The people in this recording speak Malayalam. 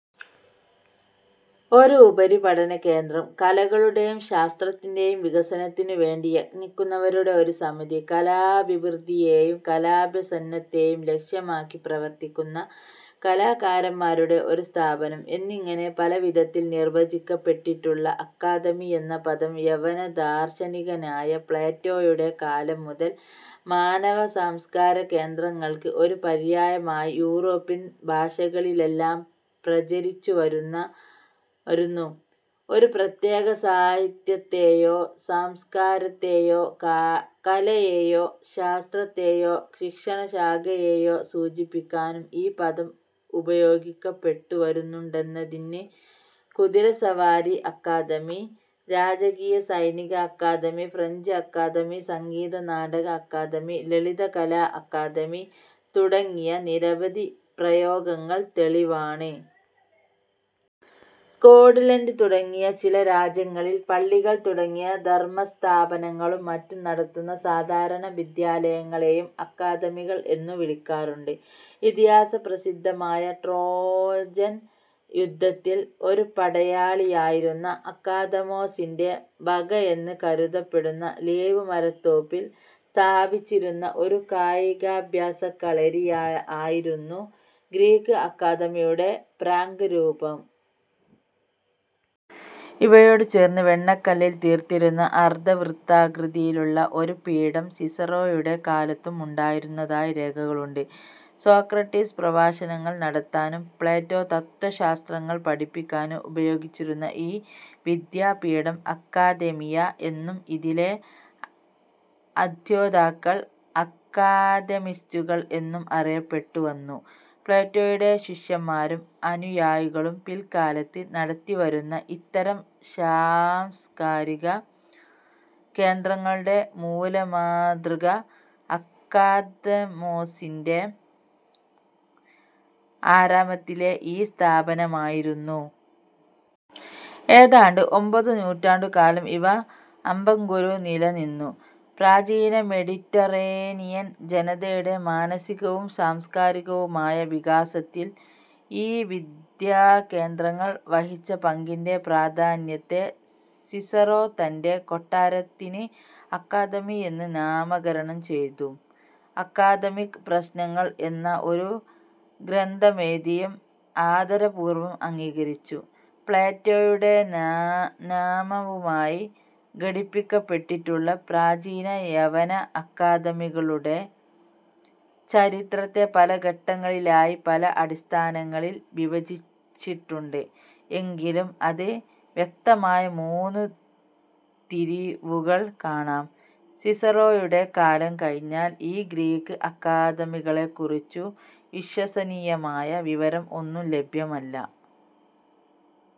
ഒരു ഉപരിപഠനകേന്ദ്രം, കലകളുടെയും ശാസ്ത്രത്തിന്റെയും വികസനത്തിനുവേണ്ടി യത്നിക്കുന്നവരുടെ ഒരു സമിതി, കലാഭിവൃദ്ധിയേയും കലാഭ്യസനത്തേയും ലക്ഷ്യമാക്കി പ്രവർത്തിക്കുന്ന കലാകാരന്മാരുടെ ഒരു സ്ഥാപനം എന്നിങ്ങനെ പല വിധത്തിൽ നിർവചിക്കപ്പെട്ടിട്ടുള്ള അക്കാദമി എന്ന പദം യവനദാർശനികനായ പ്ളേറ്റോയുടെ കാലം മുതൽ മാനവസംസ്കാരകേന്ദ്രങ്ങൾക്ക് ഒരു പര്യായമായി യൂറോപ്യൻ ഭാഷകളിലെല്ലാം പ്രചരിച്ചുവരുന്നു. ഒരു പ്രത്യേക സാഹിത്യത്തെയോ സംസ്കാരത്തെയോ കലയെയോ ശാസ്ത്രത്തെയോ ശിക്ഷണശാഖയെയോ സൂചിപ്പിക്കാനും ഈ പദം ഉപയോഗിക്കപ്പെട്ടുവരുന്നുണ്ടെന്നതിന് കുതിരസവാരി അക്കാദമി, രാജകീയ സൈനിക അക്കാദമി, ഫ്രഞ്ച് അക്കാദമി, സംഗീതനാടക അക്കാദമി, ലളിതകലാ അക്കാദമി തുടങ്ങിയ നിരവധി പ്രയോഗങ്ങൾ തെളിവാണ്. സ്കോട് ലൻഡ് തുടങ്ങിയ ചില രാജ്യങ്ങളിൽ പള്ളികൾ തുടങ്ങിയ ധർമസ്ഥാപനങ്ങളും മറ്റും നടത്തുന്ന സാധാരണ വിദ്യാലയങ്ങളേയും അക്കാദമികൾ എന്നു വിളിക്കാറുണ്ട്. ഇതിഹാസ പ്രസിദ്ധമായ ട്രോജൻ യുദ്ധത്തിൽ ഒരു പടയാളിയായിരുന്ന അക്കാദമോ സിന്റെ വകയെന്ന് കരുതപ്പെടുന്ന ലീവ് മരത്തോപ്പിൽ സ്ഥാപിച്ചിരുന്ന ഒരു കായികാഭ്യാസക്കളരി ആയിരുന്നു ഗ്രീക് അക്കാദമിയുടെ പ്രാഗ് രൂപം. ഇവയോടു ചേർന്ന് വെണ്ണക്കല്ലിൽ തീർത്തിരുന്ന അർധവൃത്താകൃതിയിലുള്ള ഒരു പീഠം സിസറോയുടെ കാലത്തും ഉണ്ടായിരുന്നതായി രേഖകളുണ്ട്. സോക്രട്ടീസ് പ്രഭാഷണങ്ങൾ നടത്താനും പ്ലേറ്റോ തത്ത്വശാസ്ത്രങ്ങൾ പഠിപ്പിക്കാനും ഉപയോഗിച്ചിരുന്ന ഈ വിദ്യാപീഠം അക്കാദെമിയ എന്നും, ഇതിലെ അധ്യേതാക്കൾ അക്കാദെമിസ്റ്റുകൾ എന്നും അറിയപ്പെട്ടുവന്നു. പ്ലേറ്റോയുടെ ശിഷ്യന്മാരും അനുയായികളും പിൽക്കാലത്ത് നടത്തിവന്നിരുന്ന ഇത്തരം സാംസ്കാരിക കേന്ദ്രങ്ങളുടെ മൂലമാതൃക അക്കാദമോസിന്റെ ആരാമത്തിലെ ഈ സ്ഥാപനമായിരുന്നു. ഏതാണ്ട് ഒമ്പതു നൂറ്റാണ്ടുകാലം ഇവ അഭംഗുരം നിലനിന്നു. പ്രാചീന മെഡിറ്ററേനിയൻ ജനതയുടെ മാനസികവും സാംസ്കാരികവുമായ വികാസത്തിൽ ഈ വിദ്യാകേന്ദ്രങ്ങൾ വഹിച്ച പങ്കിന്റെ പ്രാധാന്യത്തെ, സിസറോ തന്റെ കൊട്ടാരത്തിന് അക്കാദമി എന്ന് നാമകരണം ചെയ്തും, അക്കാദമിക് പ്രശ്നങ്ങൾ എന്ന ഒരു ഗ്രന്ഥമെഴുതിയും ആദരപൂർവം അംഗീകരിച്ചു. പ്ലേറ്റോയുടെ നാമവുമായി ഘടിപ്പിക്കപ്പെട്ടിട്ടുള്ള പ്രാചീന യവന അക്കാദമികളുടെ ചരിത്രത്തെ പല ഘട്ടങ്ങളിലായി പല അടിസ്ഥാനങ്ങളിൽ വിഭജിച്ചിട്ടുണ്ട്; എങ്കിലും അതിൽ വ്യക്തമായ മൂന്നു തിരിവുകൾ കാണാം:- സിസറോയുടെ കാലം കഴിഞ്ഞാൽ ഈ ഗ്രീക് അക്കാദമികളെക്കുറിച്ചു വിശ്വസനീയമായ വിവരം ഒന്നും ലഭ്യമല്ല.